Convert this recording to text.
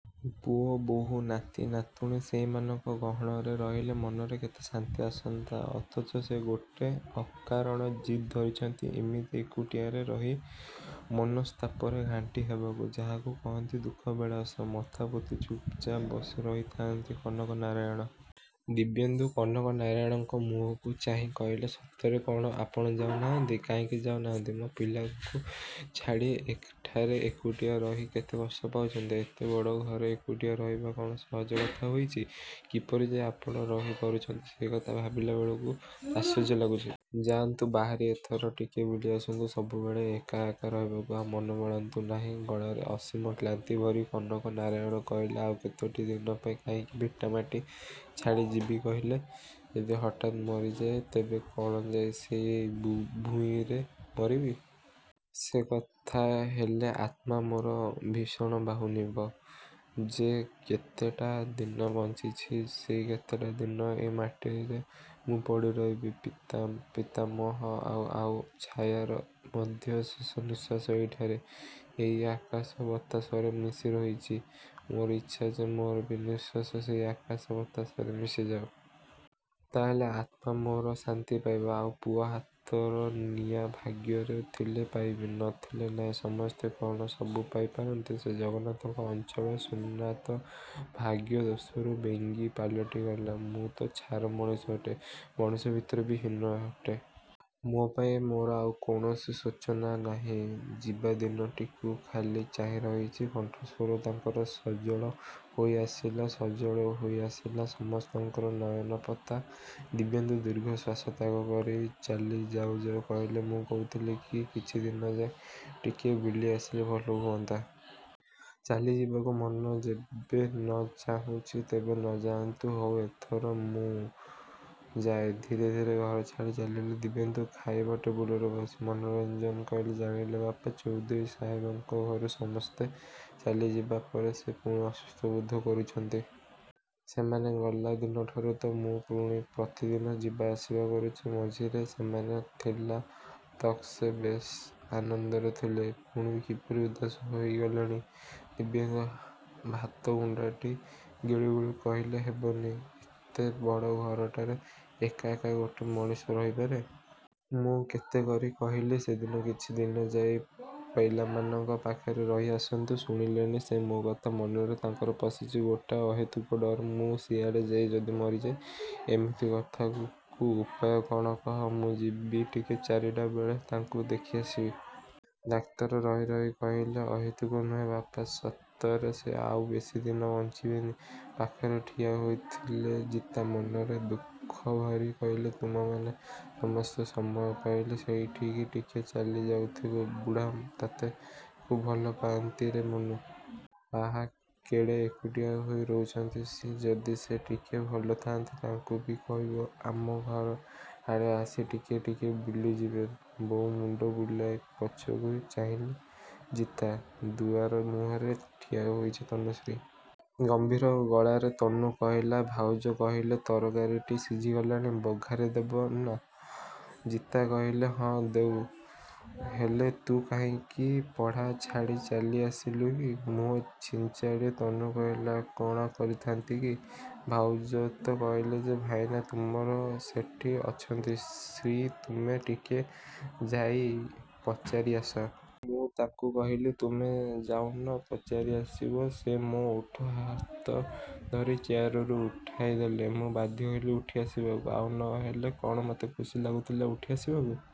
ପୁଅ, ବୋହୂ, ନାତି, ନାତୁଣୀ ସେଇମାନଙ୍କ ଗହଣରେ ରହିଲେ ମନରେ କେତେ ଶାନ୍ତି ଆସନ୍ତା। ଅଥଚ ସେ ଗୋଟେ ଅକାରଣ ଜିଦ୍ ଧରିଛନ୍ତି ଇମିତି ଏକୁଟିଆରେ ରହି ମନସ୍ତାପରେ ଘାଣ୍ଟି ହେବାକୁ। ଯାହାକୁ କହନ୍ତି ଦୁଃଖ ବିଳାସ। ମଥା ପୋତି ଚୁପ୍‌ଚାପ୍ ବସି ରହିଥାଆନ୍ତି କନକ ନାରାୟଣ। ଦିବ୍ୟେନ୍ଦୁ କନକ ନାରାୟଣଙ୍କ ମୁହଁକୁ ଚାହିଁ କହିଲେ ସତରେ କ'ଣ ଆପଣ ଯାଉ ନାହାନ୍ତି। କାହିଁକି ଯାଉ ନାହାନ୍ତି ମ? ପିଲାଙ୍କୁ ଛାଡ଼ି ଏଠାରେ ଏକୁଟିଆ ରହି କେତେ କଷ୍ଟ ପାଉଛନ୍ତି! ଏତେ ବଡ଼ ଘରେ ଏକୁଟିଆ ରହିବା କ'ଣ ସହଜ କଥା ହୋଇଛି। କିପରି ଯେ ଆପଣ ରହି ପାରୁଛନ୍ତି ସେଇକଥା ଭାବିଲା ବେଳକୁ ଆଶ୍ଚର୍ଯ୍ୟ ଲାଗୁଛି। ଯାଆନ୍ତୁ ବାହାରି ଏଥର, ଟିକିଏ ବୁଲି ଆସନ୍ତୁ। ସବୁବେଳେ ଏକା ଏକା ରହିବାକୁ ଆଉ ମନ ବଳାନ୍ତୁ ନାହିଁ। ଗଳାରେ ଅସୀମ କ୍ଲାନ୍ତି ଭରି କନକ ନାରାୟଣ କହିଲେ ଆଉ କେତୋଟି ଦିନ ପାଇଁ କାହିଁକି ଭିଟାମାଟି ଛାଡ଼ି ଯିବି କହିଲେ। ଯଦି ହଠାତ୍ ମରିଯାଏ ତେବେ କ'ଣ ଯାଇ ସେଇ ବିଭୂଇଁରେ ମରିବି? ସେକଥା ହେଲେ ଆତ୍ମା ମୋର ଭୀଷଣ ବାହୁନିବ। ଯେ କେତେଟା ଦିନ ବଞ୍ଚିଛି ସେଇ କେତେଟା ଦିନ ଏଇ ମାଟିରେ ମୁଁ ପଡ଼ି ରହିବି। ପିତା, ପିତାମହ, ଆଉ, ଆଉ ଛାୟାର ମଧ୍ୟ ଶେଷ ନିଃଶ୍ୱାସ ଏଇଠାରେ, ଏଇ ଆକାଶ ବତାସରେ ମିଶି ରହିଛି। ମୋର ଇଚ୍ଛା ଯେ ମୋର ବି ନିଃଶ୍ୱାସ ସେଇ ଆକାଶ ବତାସରେ ମିଶିଯାଉ। ତାହାହେଲେ, ଆତ୍ମା ମୋର ଶାନ୍ତି ପାଇବ। ଆଉ ପୁଅ ହାତର ନିଆଁ, ଭାଗ୍ୟରେ ଥିଲେ ପାଇବି। ନ ଥିଲେ ନାହିଁ। ସମସ୍ତେ କ'ଣ ସବୁ ପାଇ ପାରନ୍ତି? ସେ ଜଗନ୍ନାଥଙ୍କ ଅଞ୍ଚଳ ସୁନା ତ ଭାଗ୍ୟଦୋଷରୁ ବେଙ୍ଗୀ ପାଲଟିଗଲା। ମୁଁ ତ ଛାର ମଣିଷଟେ। ମଣିଷ ଭିତରେ ବି ହୀନଟେ। ମୋ ପାଇଁ ମୋର ଆଉ କୌଣସି ଶୋଚନା ନାହିଁ। ଯିବାଦିନଟିକୁ ଖାଲି ଚାହିଁ ରହିଛି। କଣ୍ଠସ୍ୱର ତାଙ୍କର ସଜଳ ହୋଇ ଆସିଲା। ସଜଳ ହୋଇ ଆସିଲା ସମସ୍ତଙ୍କର ନୟନପତା। ଦିବ୍ୟେନ୍ଦୁ ଦୀର୍ଘଶ୍ୱାସ ତ୍ୟାଗ କରି ଚାଲି ଯାଉ ଯାଉ କହିଲେ ମୁଁ କହୁଥିଲି କି କିଛିଦିନ ଯାଇ ଟିକିଏ ବୁଲି ଆସିଲେ ଭଲ ହୁଅନ୍ତା। ଚାଲି ଯିବାକୁ ମନ ଯେବେ ନ ଚାହୁଁଛି ତେବେ ନ ଯାଆନ୍ତୁ। ହଉ ଏଥର ମୁଁ ଯାଏ। ଧୀରେ ଧୀରେ ଘର ଛାଡ଼ି ଚାଲିଗଲେ ଦିବ୍ୟେନ୍ଦୁ। ଖାଇବା ଟେବୁଲରେ ବସି ମନୋରଞ୍ଜନ କହିଲେ ଜାଣିଲେ ବାପା, ଚୌଧୁରୀ ସାହେବଙ୍କ ଘରୁ ସମସ୍ତେ ଚାଲିଯିବା ପରେ ସେ ପୁଣି ଅସୁସ୍ଥ ବୋଧ କରୁଛନ୍ତି। ସେମାନେ ଗଲା ଦିନଠାରୁ ତ ମୁଁ ପୁଣି ପ୍ରତିଦିନ ଯିବା ଆସିବା କରୁଛି। ମଝିରେ ସେମାନେ ଥିଲା ତକ ସେ ବେଶ୍ ଆନନ୍ଦରେ ଥିଲେ। ପୁଣି କିପରି ଉଦାସ ହୋଇଗଲେଣି। ଦିବ୍ୟେନ୍ଦୁ ଭାତ ଗୁଣ୍ଡାଟି ଗିଳୁ ଗିଳୁ କହିଲେ ହେବେନି? ଏତେ ବଡ଼ ଘରଟାରେ ଏକା ଏକା ଗୋଟେ ମଣିଷ ରହି ପାରେ? ମୁଁ କେତେ କରି କହିଲି ସେଦିନ କିଛି ଦିନ ଯାଇ ପିଲାମାନଙ୍କ ପାଖରେ ରହି ଆସନ୍ତୁ। ଶୁଣିଲେନି ସେ ମୋ କଥା। ମନରେ ତାଙ୍କର ପଶିଛି ଗୋଟାଏ ଅହେତୁକ ଡର। 'ମୁଁ ସିଆଡ଼େ ଯାଇ ଯଦି ମରିଯାଏ'। ଏମିତି କଥାକୁ ଉପାୟ କ'ଣ କହ। ମୁଁ ଯିବି ଟିକେ ଚାରିଟା ବେଳେ ତାଙ୍କୁ ଦେଖି ଆସିବି। ଡାକ୍ତର ରହି ରହି କହିଲେ ଅହେତୁକ ନୁହେଁ ବାପା, ସତରେ ସେ ଆଉ ବେଶୀ ଦିନ ବଞ୍ଚିବେନି। ପାଖରେ ଠିଆ ହୋଇଥିଲେ ଜିତା, ମନରେ ଦୁଃଖ ଭରି କହିଲେ ତୁମେମାନେ ସମସ୍ତେ ସମୟ ପାଇଲେ ସେଇଠିକି ଟିକିଏ ଚାଲି ଯାଉଥିବ। ବୁଢ଼ା ତତେ ଖୁବ୍ ଭଲ ପାଆନ୍ତିରେ ମନୁ। ଆହା, କେଡ଼େ ଏକୁଟିଆ ହୋଇ ରହୁଛନ୍ତି ସିଏ। ଯଦି ସେ ଟିକିଏ ଭଲ ଥାନ୍ତି ତାଙ୍କୁ ବି କହିବୁ ଆମ ଘର ଆଡ଼େ ଆସି ଟିକିଏ ଟିକିଏ ବୁଲି ଯିବେ। ବୋଉ ମୁଣ୍ଡ ବୁଲାଇ ପଛକୁ ଚାହିଁଲେ ଜିତା। ଦୁଆର ମୁହଁରେ ଠିଆ ହୋଇଛି ତନୁଶ୍ରୀ। ଗମ୍ଭୀର ଗଳାରେ ତନୁ କହିଲା ଭାଉଜ କହିଲେ ତରକାରୀଟି ସିଝିଗଲାଣି, ବଘାରି ଦେବନା? ଜିତା କହିଲେ ହଁ ଦଉ। ହେଲେ ତୁ କାହିଁକି ପଢ଼ା ଛାଡ଼ି ଚାଲି ଆସିଲୁ କି? ମୁହଁ ଛିଞ୍ଚାଡ଼ି ତନୁ କହିଲା କ'ଣ ଆଉ କରିଥାନ୍ତି କି? ଭାଉଜ ତ କହିଲେ ଯେ ଭାଇନା ତୁମର ସେଠି ଅଛନ୍ତି, ଶ୍ରୀ ତୁମେ ଟିକେ ଯାଇ ପଚାରି ଆସ। ମୁଁ ତାଙ୍କୁ କହିଲି ତୁମେ ଯାଉନ ପଚାରି ଆସିବ? ସେ ମୋ ଓଠ ହାତ ଧରି ଚେୟାରରୁ ଉଠାଇ ଦେଲେ। ମୁଁ ବାଧ୍ୟ ହେଲି ଉଠି ଆସିବାକୁ। ଆଉ ନ ହେଲେ କ'ଣ ମତେ ଖୁସି ଲାଗୁଥିଲା ଉଠି ଆସିବାକୁ।